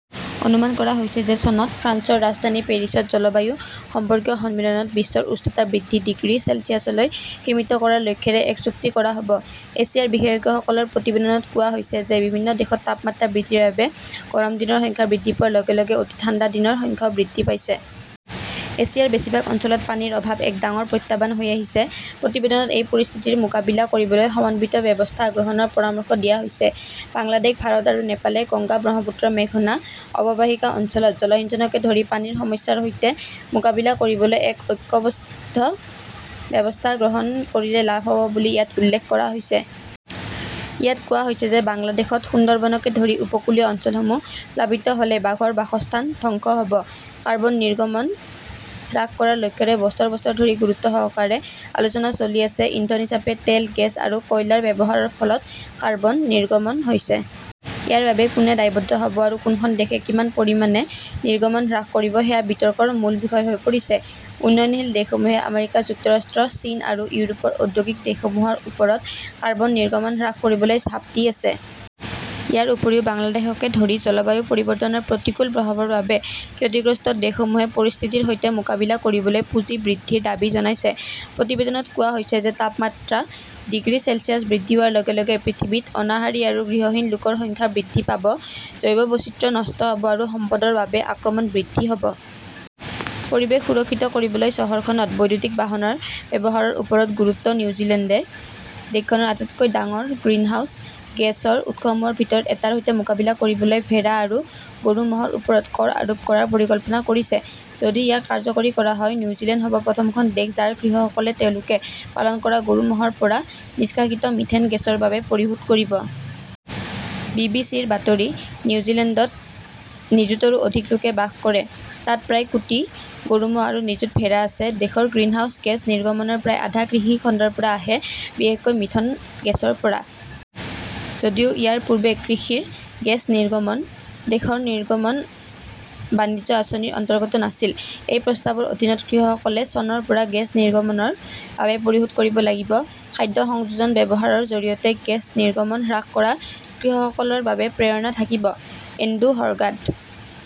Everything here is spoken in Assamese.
অনুমান কৰা হৈছে যে চনত ফ্ৰান্সৰ ৰাজধানী পেৰিছত জলবায়ু সম্পৰ্কীয় সন্মিলনত বিশ্বৰ উষ্ণতা বৃদ্ধি ডিগ্ৰী চেলছিয়াছলৈ সীমিত কৰাৰ লক্ষ্যৰে এক চুক্তি কৰা হ 'ব। এছিয়াৰ বিশেষজ্ঞসকলৰ প্ৰতিবেদনত কোৱা হৈছে যে বিভিন্ন দেশত তাপমাত্ৰা বৃদ্ধিৰ বাবে গৰম দিনৰ সংখ্যা বৃদ্ধি পোৱাৰ লগে লগে অতি ঠাণ্ডা দিনৰ সংখ্যাও বৃদ্ধি পাইছে। এছিয়াৰ বেছিভাগ অঞ্চলত পানীৰ অভাৱ এক ডাঙৰ প্ৰত্যাহ্বান হৈ আহিছে। প্ৰতিবেদনত এই পৰিস্থিতিৰ মোকাবিলা কৰিবলৈ সমন্বিত ব্যৱস্থা গ্ৰহণৰ পৰামৰ্শ দিয়া হৈছে। বাংলাদেশ, ভাৰত আৰু নেপালে গংগা-ব্ৰহ্মপুত্ৰ-মেঘনা অৱবাহিকা অঞ্চলত জলসিঞ্চনকে ধৰি পানীৰ সমস্যাৰ সৈতে মোকাবিলা কৰিবলৈ এক ঐক্যবদ্ধ ব্যৱস্থা গ্ৰহণ কৰিলে লাভ হ "ব বুলি ইয়াত উল্লেখ কৰা হৈছে। ইয়াত কোৱা হৈছে যে বাংলাদেশত সুন্দৰবনকে ধৰি উপকূলীয় অঞ্চলসমূহ প্লাবিত হ "লে বাঘৰ বাসস্থান ধ্বংস হ" ব। কাৰ্বন নিৰ্গমন হ্ৰাস কৰাৰ লক্ষ্যৰে বছৰ বছৰ ধৰি গুৰুত্বসহকাৰে আলোচনা চলি আছে। ইন্ধন হিচাপে তেল, গেছ আৰু কয়লাৰ ব্যৱহাৰৰ ফলত কাৰ্বন নিৰ্গমন হৈছে। ইয়াৰ বাবে কোনে দায়বদ্ধ হ "ব আৰু কোনখন দেশে কিমান পৰিমাণে নিৰ্গমন হ্ৰাস কৰিব সেয়া বিতৰ্কৰ মূল বিষয় হৈ পৰিছে। উন্নয়নশীল দেশসমূহে আমেৰিকা যুক্তৰাষ্ট্ৰ, চীন আৰু ইউৰোপৰ ঔদ্যোগিক দেশসমূহৰ ওপৰত কাৰ্বন নিৰ্গমন হ্ৰাস কৰিবলৈ চাপ দি আছে। ইয়াৰ উপৰিও বাংলাদেশকে ধৰি জলবায়ু পৰিৱৰ্তনৰ প্ৰতিকূল প্ৰভাৱৰ বাবে ক্ষতিগ্ৰস্ত দেশসমূহে পৰিস্থিতিৰ সৈতে মোকাবিলা কৰিবলৈ পুঁজি বৃদ্ধিৰ দাবী জনাইছে। প্ৰতিবেদনত কোৱা হৈছে যে তাপমাত্ৰা ডিগ্ৰী চেলছিয়াছ বৃদ্ধি হোৱাৰ লগে লগে পৃথিৱীত অনাহাৰী আৰু গৃহহীন লোকৰ সংখ্যা বৃদ্ধি পাব; জৈৱ বৈচিত্ৰ্য নষ্ট হ "ব আৰু সম্পদৰ বাবে আক্ৰমণ বৃদ্ধি হ" ব। পৰিৱেশ সুৰক্ষিত কৰিবলৈ চহৰখনত বৈদ্যুতিক বাহনৰ ব্যৱহাৰৰ ওপৰত গুৰুত্ব নিউজিলেণ্ডে দেশখনৰ আটাইতকৈ ডাঙৰ গ্ৰিনহাউজ গেছৰ উৎসসমূহৰ ভিতৰত এটাৰ সৈতে মোকাবিলা কৰিবলৈ ভেড়া আৰু গৰু-ম "হৰ ওপৰত কৰ আৰোপ কৰাৰ পৰিকল্পনা কৰিছে। যদি ইয়াক কাৰ্যকৰী কৰা হয়, নিউজিলেণ্ড হ 'ব প্ৰথমখন দেশ যাৰ কৃষকসকলে তেওঁলোকে পালন কৰা গৰু-ম "হৰ পৰা নিষ্কাশিত মিথেন গেছৰ বাবে পৰিশোধ কৰিব। বি. বি. চি. -ৰ বাতৰি। নিউজিলেণ্ডত নিযুতৰো অধিক লোক বাস কৰে। তাত প্ৰায় কোটি গৰু-ম "হ আৰু নিযুত ভেড়া আছে। দেশৰ গ্ৰিনহাউজ গেছ নিৰ্গমনৰ প্ৰায় আধা কৃষি খণ্ডৰ পৰা আহে, বিশেষকৈ মিথেন গেছৰ পৰা। যদিও ইয়াৰ পূৰ্বে কৃষিৰ গেছ নিৰ্গমন দেশৰ নিৰ্গমন বাণিজ্য আঁচনিৰ অন্তৰ্গত নাছিল। এই প্ৰস্তাৱৰ অধীনত কৃষকসকলে চনৰ পৰা গেছ নিৰ্গমনৰ বাবে পৰিশোধ কৰিব লাগিব। খাদ্য সংযোজন ব্যৱহাৰৰ জৰিয়তে গেছ নিৰ্গমন হ্ৰাস কৰা কৃষকসকলৰ বাবে প্ৰেৰণা থাকিব। Andrew Hoggard